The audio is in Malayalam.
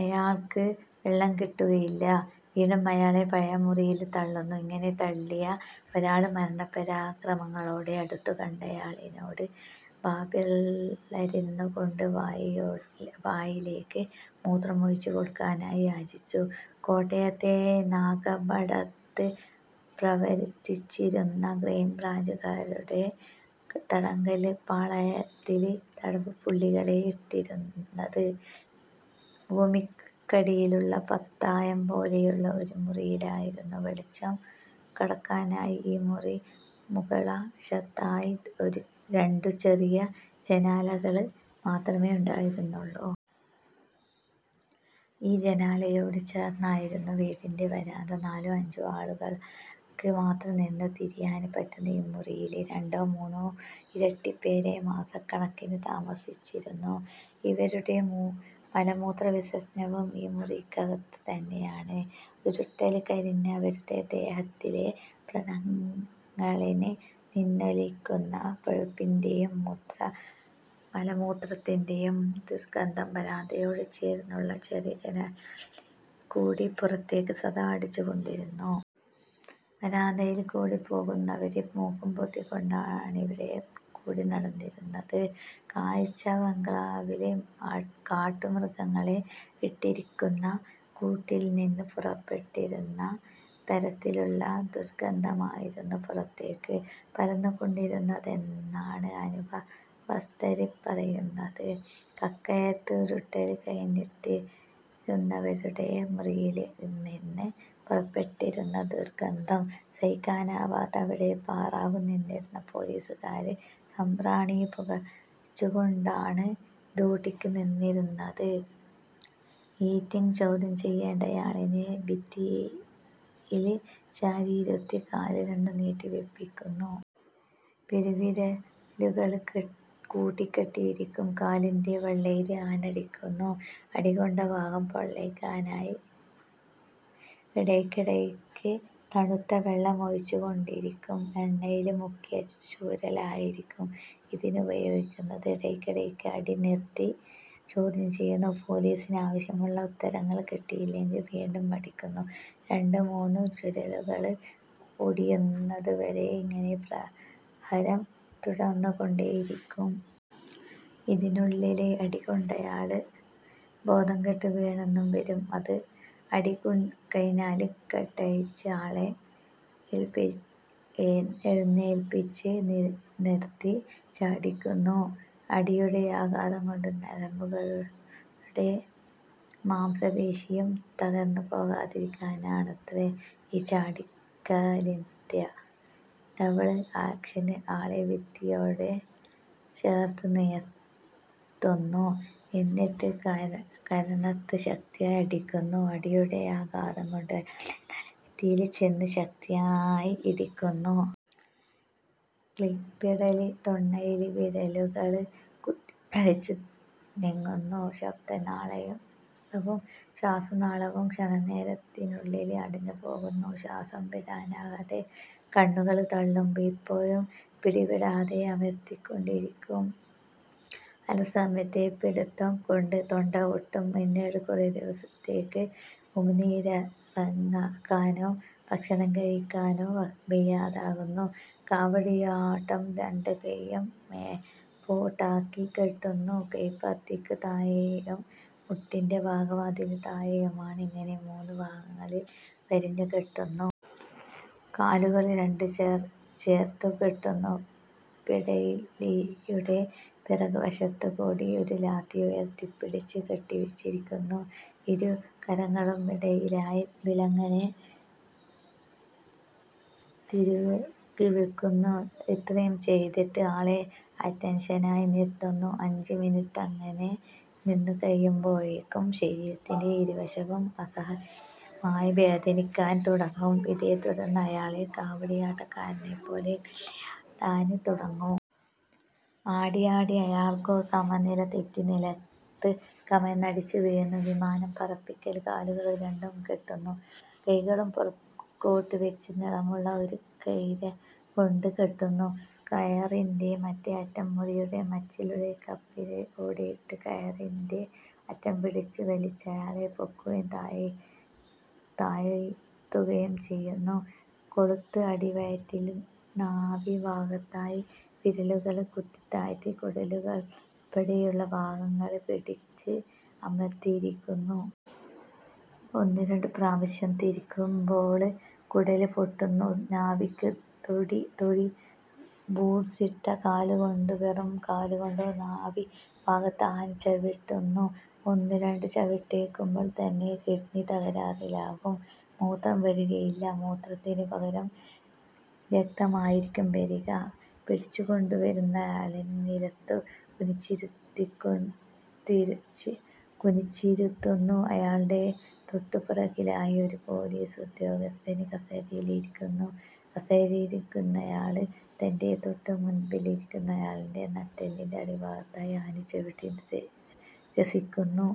അയാള്ക്ക് വെള്ളം കിട്ടുകയില്ല. വീണ്ടും അയാളെ പഴയ മുറിയില് തള്ളുന്നു. ഇങ്ങനെ തള്ളിയ ഒരാള് മരണപരാക്രമങ്ങളോടെ അടുത്തു കണ്ടയാളിനോട് വാപിളര്ന്നുകൊണ്ട് വായിലേക്ക് മൂത്രം ഒഴിച്ചുകൊടുക്കാനായി യാചിച്ചു. കോട്ടയത്തെ നാഗമ്പടത്ത് പ്രവര്ത്തിച്ചിരുന്ന ക്രൈംബ്രാഞ്ചുകാരുടെ തടങ്കല്പ്പാളയത്തില് തടവുപുള്ളികളെ ഇട്ടിരുന്നത് ഭൂമിക്കടിയിലുള്ള പത്തായംപോലെയുള്ള ഒരു മുറിയിലായിരുന്നു. വെളിച്ചം കടക്കാനായി ഈ മുറിക്ക് മുകള്വശത്തായി രണ്ടു ചെറിയ ജനാലകള് മാത്രമേ ഉണ്ടായിരുന്നുള്ളൂ. ഈ ജനാലയോടു ചേര്ന്നായിരുന്നു വീടിന്റെ വരാന്ത. നാലോ അഞ്ചോ ആളുകള്ക്ക് മാത്രം നിന്നു തിരിയാന് പറ്റുന്ന ഈ മുറിയില് രണ്ടോ മൂന്നോ ഇരട്ടിപ്പേരെ മാസക്കണക്കിന് താമസിപ്പിച്ചിരുന്നു. ഇവരുടെ മലമൂത്രവിസര്ജനവും ഈ മുറിക്കകത്ത് തന്നെയാണ്. ഉരുട്ടല് കഴിഞ്ഞവരുടെ ദേഹത്തിലെ വ്രണങ്ങളില് നിന്നൊലിക്കുന്ന പഴുപ്പിന്റെയും, മലമൂത്രത്തിന്റെയും ദുര്ഗന്ധം വരാന്തയോട് ചേര്ന്നുള്ള ചെറിയ ജനാലകളില്ക്കൂടി പുറത്തേക്ക് സദാ അടിച്ചുകൊണ്ടിരുന്നു. വരാന്തയില്ക്കൂടി പോകുന്നവര് മൂക്കുപൊത്തിക്കൊണ്ടാണിവിടെക്കൂടി നടന്നിരുന്നത്. കാഴ്ചബംഗ്ലാവില് കാട്ടുമൃഗങ്ങളെ ഇട്ടിരിക്കുന്ന കൂട്ടില്നിന്ന് പുറപ്പെട്ടിരുന്ന തരത്തിലുള്ള ദുര്ഗന്ധമായിരുന്നു പുറത്തേക്ക് പരന്നുകൊണ്ടിരുന്നതെന്നാണ് അനുഭവസ്ഥര് പറയുന്നത്. കക്കയത്ത് ഉരുട്ടല് കഴിഞ്ഞിട്ടിരുന്നവരുടെ മുറിയില്നിന്ന് പുറപ്പെട്ടിരുന്ന ദുര്ഗന്ധം സഹിക്കവയ്യാതെ, അവിടെ പാറാവ് നിന്നിരുന്ന പോലീസുകാര് സാമ്പ്രാണി പുകച്ചുകൊണ്ടാണ് ഡ്യൂട്ടിക്ക് നിന്നിരുന്നത്.. ഹീറ്റിങ് ചോദ്യം ചെയ്യേണ്ടയാളിനെ ഭിത്തിയില് ചാരിയിരുത്തി കാല് രണ്ടും നീട്ടിവെപ്പിക്കുന്നു. പെരുവിരലുകള് കൂട്ടിക്കെട്ടിയിരിക്കും. കാലിന്റെ വെള്ളയില് ആഞ്ഞടിക്കുന്നു. അടി കൊണ്ട ഭാഗം പൊള്ളയ്ക്കാനായി ഇടയ്ക്കിടയ്ക്ക് തണുത്ത വെള്ളം ഒഴിച്ചുകൊണ്ടിരിക്കും. എണ്ണയില് മുക്കിയ ചൂരലായിരിക്കും ഇതിനുപയോഗിക്കുന്നത്. ഇടയ്ക്കിടയ്ക്ക് അടി നിര്ത്തി ചോദ്യം ചെയ്യുന്നു. പോലീസിന് ആവശ്യമുള്ള ഉത്തരങ്ങള് കിട്ടിയില്ലെങ്കില് വീണ്ടും അടിക്കുന്നു. രണ്ടുമൂന്നു ചൂരലുകള് ഒടിയുന്നതുവരെ ഇങ്ങനെ പ്രഹരം തുടര്ന്നുകൊണ്ടേയിരിക്കും. ഇതിനുള്ളില് അടികൊണ്ടയാള് ബോധംകെട്ടു വീണെന്നും വരും. അടി കഴിഞ്ഞാല് കെട്ടഴിച്ച് ആളെ എഴുന്നേല്പിച്ച് നിര്ത്തി ചാടിക്കുന്നു. അടിയുടെ ആഘാതംകൊണ്ട്, ഞരമ്പുകളും മാംസപേശിയും തകര്ന്നുപോകാതിരിക്കാനാണത്രേ ഈ ചാടിക്കല്വിദ്യ.. ഡബിള് ആക്ഷന് ആളെ ഭിത്തിയോടു ചേര്ത്തു നിര്ത്തുന്നു. എന്നിട്ട് കരണത്ത് ശക്തിയായി അടിക്കുന്നു. അടിയുടെ ആഘാതംകൊണ്ട് അയാളുടെ തല ഭിത്തിയില് ചെന്ന് ശക്തിയായി ഇടിക്കുന്നു.. ക്ലിപ്പിടല് തൊണ്ണയില് വിരലുകള് കുത്തിപ്പിടിച്ച് ഞെക്കുന്നു. ശബ്ദനാളവും ശ്വാസനാളവും ക്ഷണനേരത്തിനുള്ളില് അടഞ്ഞുപോകുന്നു. ശ്വാസം വിടാനാകാതെ കണ്ണുകള് തള്ളും. ഇപ്പോഴും പിടിവിടാതെ അമര്ത്തിക്കൊണ്ടിരിക്കും. അല്പസമയത്തെ പിടുത്തംകൊണ്ട് തൊണ്ട പൊട്ടും. പിന്നീട് കുറെ ദിവസത്തേക്ക് ഉമിനീരിറക്കാനോ ഭക്ഷണം കഴിക്കാനോ വയ്യാതാകുന്നു.. കാവടിയാട്ടം രണ്ടു കൈയും മേല്പോട്ടാക്കി കെട്ടുന്നു. കൈപ്പത്തിക്കു താഴേയും മുട്ടിന്റെ ഭാഗത്തും, അതിനു താഴേയുമായി ഇങ്ങനെ മൂന്നു ഭാഗങ്ങളില് വരിഞ്ഞുകെട്ടുന്നു. കാലുകള് രണ്ടും ചേര്ത്തു കെട്ടുന്നു. പിടലിയുടെ പിറകുവശത്തുകൂടി ഒരു ലാത്തി ഉയര്ത്തിപ്പിടിച്ച് കെട്ടിവെച്ചിരിക്കുന്നു ഇരു കരങ്ങള്ക്കും ഇടയിലായി വിലങ്ങനെ തിരുകിവെക്കുന്നു. ഇത്രയും ചെയ്തിട്ട് ആളെ അറ്റന്ഷനായി നിര്ത്തുന്നു. അഞ്ചു മിനിട്ടങ്ങനെ നിന്നുകഴിയുമ്പോഴേക്കും ശരീരത്തിന്റെ ഇരുവശവും അസഹനീയമായി വേദനിക്കാന് തുടങ്ങും. ഇതേത്തുടര്ന്ന് അയാള് കാവടിയാട്ടക്കാരനെപ്പോലെ മെല്ലെയാടാന് തുടങ്ങും. ആടിയാടി അയാള്ക്കു സമനിലതെറ്റി നിലത്ത് കമഴ്ന്നടിച്ച് വീഴുന്നു.. വിമാനം പറപ്പിക്കല് കാലുകള് രണ്ടും കെട്ടുന്നു. കൈകളും പുറകോട്ട് വെച്ച് നീളമുള്ള ഒരു കയര്കൊണ്ട് കെട്ടുന്നു. കയറിന്റെ മറ്റേ അറ്റം, മുറിയുടെ മച്ചിലുള്ള കപ്പിയില്ക്കൂടെയിട്ട് കയറിന്റെ അറ്റം പിടിച്ച് വലിച്ചയാളെ പൊക്കുകയും താഴ്ത്തുകയും ചെയ്യുന്നു.. കൊളുത്ത് അടിവയറ്റില് നാഭിഭാഗത്തായി വിരലുകള് കുത്തിത്താഴ്ത്തി കുടലുകളുള്പ്പെടെയുള്ള ഭാഗങ്ങള് പിടിച്ച് അമര്ത്തിത്തിരിക്കുന്നു. ഒന്നുരണ്ടു പ്രാവശ്യം തിരിക്കുമ്പോള് കുടല് പൊട്ടുന്നു.. നാഭിക്ക് തൊഴി ബൂട്സിട്ട കാലുകൊണ്ടോ വെറും കാലുകൊണ്ടോ നാഭിഭാഗത്ത് ആഞ്ഞു ചവിട്ടുന്നു. ഒന്നുരണ്ടു ചവിട്ടേല്ക്കുമ്പോള്ത്തന്നെ കിഡ്നി തകരാറിലാകും. മൂത്രം വരുകയില്ല. മൂത്രത്തിനു പകരം രക്തമായിരിക്കും വരുക. പിടിച്ചുകൊണ്ടുവരുന്നയാളിനെ നിലത്ത് കുനിച്ചിരുത്തുന്നു. അയാളുടെ തൊട്ടുപുറകിലായി ഒരു പോലീസുദ്യോഗസ്ഥന് കസേരയിലിരിക്കുന്നു. കസേരയിലിരിക്കുന്നയാള് തന്റെ തൊട്ടുമുന്പിലിരിക്കുന്നയാളിന്റെ നട്ടെല്ലിന്റെ അടിഭാഗത്തായി ആഞ്ഞുചവിട്ടി രസിക്കുന്നു..